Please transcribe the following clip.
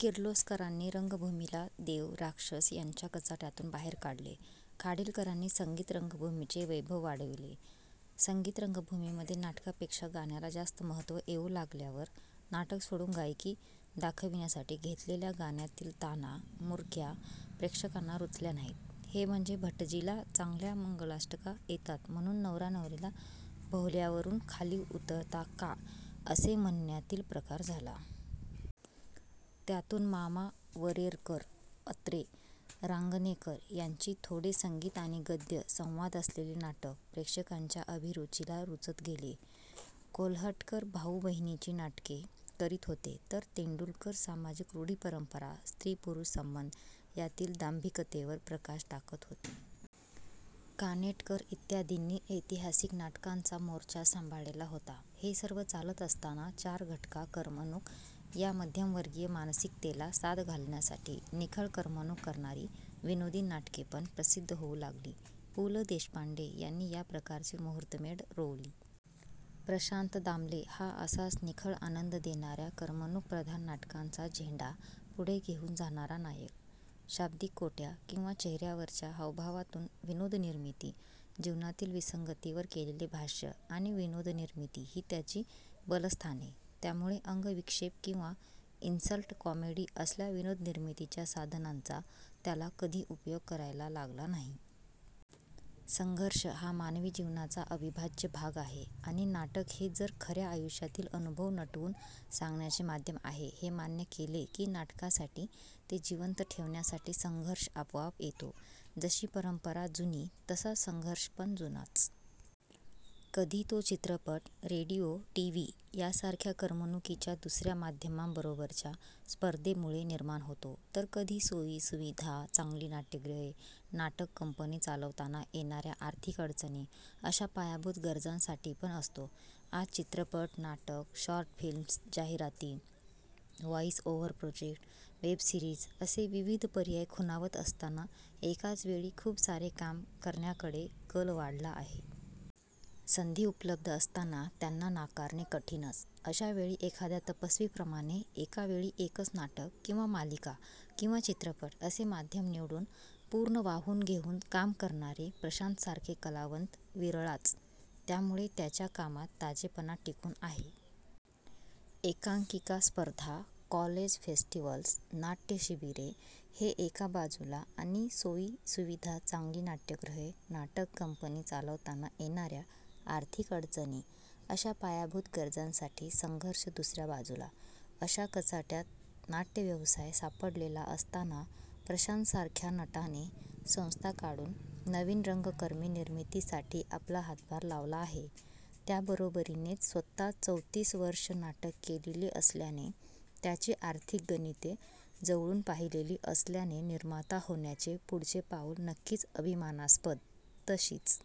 किर्लोस्करांनी रंगभूमीला देव, राक्षस यांच्या कचाट्यातून बाहेर काढले, खाडिलकरांनी संगीत रंगभूमीचे वैभव वाढविले. संगीत रंगभूमीमध्ये नाटकापेक्षा गाण्याला जास्त महत्त्व येऊ लागल्यावर, नाटक सोडून गायकी दाखविण्यासाठी घेतलेल्या गाण्यातील ताना, मुरक्या प्रेक्षकांना रुचल्या नाहीत. हे म्हणजे भटजीला चांगल्या मंगलाष्टका येतात म्हणून नवरा नवरीला बोहल्यावरून खाली उतरता का असे म्हणण्यातील प्रकार झाला. त्यातून मामा वरेरकर, अत्रे, रांगणेकर यांची थोडे संगीत आणि गद्य, संवाद असलेले नाटक प्रेक्षकांच्या अभिरुचीला रुचत गेले. कोल्हटकर भाऊ-बहिणीची नाटके करीत होते तर तेंडुलकर सामाजिक रूढी परंपरा, स्त्री पुरुष संबंध यातील दांभिकतेवर प्रकाश टाकत होते. कानेटकर इत्यादींनी ऐतिहासिक नाटकांचा मोर्चा सांभाळलेला होता. हे सर्व चालत असताना चार घटका करमणूक या मध्यमवर्गीय मानसिकतेला साद घालण्यासाठी निखळ करमणूक करणारी, विनोदी नाटकेपण प्रसिद्ध होऊ लागली. पु ल देशपांडे यांनी या प्रकारची मुहूर्तमेढ रोवली. प्रशांत दामले हा असाच निखळ आनंद देणाऱ्या करमणूकप्रधान नाटकांचा झेंडा पुढे घेऊन जाणारा नायक. शाब्दिक कोट्या किंवा चेहऱ्यावरच्या हावभावातून विनोदनिर्मिती, जीवनातील विसंगतीवर केलेले भाष्य आणि विनोदनिर्मिती ही त्याची बलस्थाने, त्यामुळे अंगविक्षेप किंवा इन्सल्ट कॉमेडी असल्या विनोदनिर्मितीच्या साधनांचा त्याला कधी उपयोग करायला लागला नाही. संघर्ष हा मानवी जीवनाचा अविभाज्य भाग आहे आणि नाटक हे जर खऱ्या आयुष्यातील अनुभव नटवून सांगण्याचे माध्यम आहे हे मान्य केले की नाटकासाठी, ते जिवंत ठेवण्यासाठी संघर्ष आपोआप येतो. जशी परंपरा जुनी तसाच संघर्षपण जुनाच. कधी तो चित्रपट, रेडिओ, टीव्ही यासारख्या करमणुकीच्या दुसऱ्या माध्यमांबरोबरच्या स्पर्धेमुळे निर्माण होतो, तर कधी सोयी, सुविधा, चांगली नाट्यगृहे, नाटक कंपनी चालवताना येणाऱ्या आर्थिक अडचणी अशा पायाभूत गरजांसाठीपण असतो. आज चित्रपट, नाटक, शॉर्ट फिल्म्स, जाहिराती, voice over project, web series असे विविध पर्याय खुणावत असताना एकाच वेळी खूप सारे काम करण्याकडे कल वाढला आहे. संधी उपलब्ध असताना त्यांना नाकारणे कठीणच, अशावेळी एखाद्या तपस्वीप्रमाणे एका वेळी एकच नाटक किंवा मालिका किंवा चित्रपट असे माध्यम निवडून पूर्ण वाहून घेऊन काम करणारे प्रशांतसारखे कलावंत विरळाच. त्यामुळे त्याच्या कामात ताजेपणा टिकून आहे. एकांकिका स्पर्धा, कॉलेज फेस्टिवल्स, नाट्य शिबिरे हे एका बाजूला आणि सोयी, सुविधा, चांगली नाट्यगृहे, नाटक कंपनी चालवताना येणाऱ्या आर्थिक अडचणी अशा पायाभूत गरजांसाठी संघर्ष दुसऱ्या बाजूला अशा कचाट्यात नाट्यव्यवसाय सापडलेला असताना प्रशांतसारख्या नटाने संस्था काढून नवीन रंगकर्मी निर्मितीसाठी आपला हातभार लावला आहे, त्याबरोबरीनेच स्वतः चौतीस वर्षे नाटक केलेले असल्याने त्याची आर्थिक गणिते जवळून पाहिलेली असल्याने निर्माता होण्याचे पुढचे पाऊल नक्कीच अभिमानास्पद. तशीच